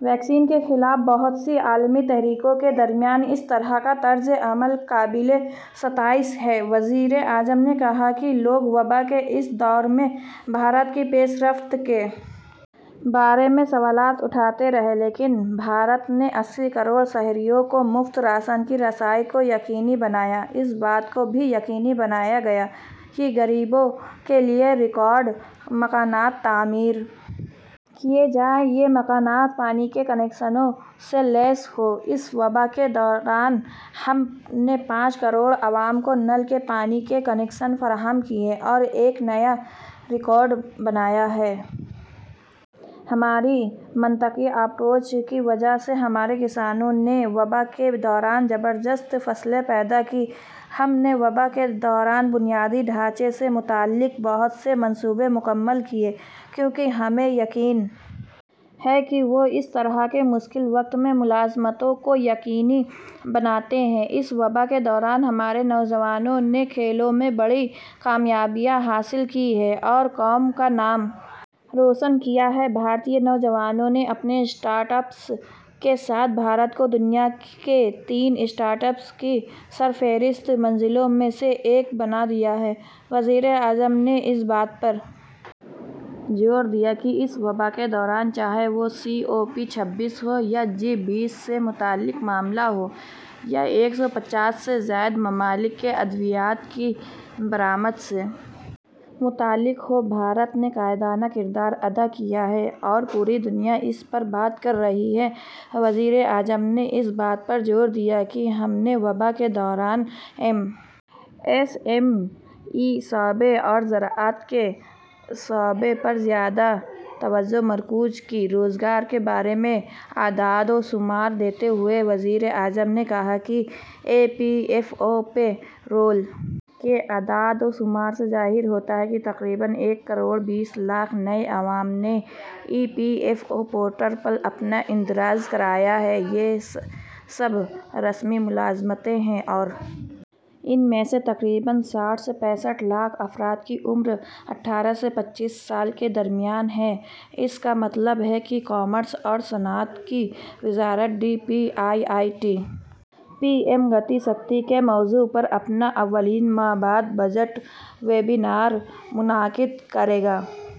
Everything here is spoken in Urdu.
ویکسین کے خلاف بہت سی عالمی تحریکوں کے درمیان اس طرح کا طرز عمل قابل ستائش ہے وزیر اعظم نے کہا کہ لوگ وبا کے اس دور میں بھارت کی پیش رفت کے بارے میں سوالات اٹھاتے رہے لیکن بھارت نے اسی کروڑ شہریوں کو مفت راشن کی رسائی کو یقینی بنایا اس بات کو بھی یقینی بنایا گیا کہ غریبوں کے لیے ریکارڈ مکانات تعمیر کیے جائیں یہ مکانات پانی کے کنکشنوں سے لیس ہوں اس وبا کے دوران ہم نے پانچ کروڑ عوام کو نل کے پانی کے کنکشن فراہم کیے اور ایک نیا ریکارڈ بنایا ہے ہماری منطقی اپروچ کی وجہ سے ہمارے کسانوں نے وبا کے دوران زبردست فصلیں پیدا کیں ہم نے وبا کے دوران بنیادی ڈھانچے سے متعلق بہت سے منصوبے مکمل کیے کیونکہ ہمیں یقین ہے کہ وہ اس طرح کے مشکل وقت میں ملازمتوں کو یقینی بناتے ہیں اس وبا کے دوران ہمارے نوجوانوں نے کھیلوں میں بہت بڑی کامیابیاں حاصل کی ہیں اور قوم کا نام روشن کیا ہے بھارتی نوجوانوں نے اپنے اسٹارٹ اپس کے ساتھ بھارت کو دنیا کے تین اسٹارٹ اپس کی سرفہرست منزلوں میں سے ایک بنا دیا ہے وزیر اعظم نے اس بات پر زور دیا کہ اس وبا کے دوران چاہے وہ سی او پی چھبیس ہو یا جی بیس سے متعلق معاملہ ہو یا ایک سو پچاس سے زائد ممالک میں ادویات کی برآمد سے متعلق ہو بھارت نے قائدانہ کردار ادا کیا ہے اور پوری دنیا اس پر بات کر رہی ہے وزیر اعظم نے اس بات پر زور دیا کہ ہم نے وبا کے دوران ایم ایس ایم ای شعبے اور زراعت کے شعبے پر زیادہ توجہ مرکوز کی روزگار کے بارے میں اعداد و شمار دیتے ہوئے وزیر اعظم نے کہا کہ E P F O payroll کے اعداد و شمار سے ظاہر ہوتا ہے کہ تقریباً ایک کروڑ بیس لاکھ نئے عوام نے E P F O portal پر اپنا اندراج کرایا ہے یہ سب رسمی ملازمتیں ہیں اور ان میں سے تقریباً ساٹھ سے پینسٹھ لاکھ افراد کی عمر اٹھارہ سے پچیس سال کے درمیان ہے اس کا مطلب ہے کہ کامرس اور صنعت کی وزارت D P I I T P M Gati Shakti کے موضوع پر اپنا اولین مابعد بجٹ ویبینار منعقد کرے گا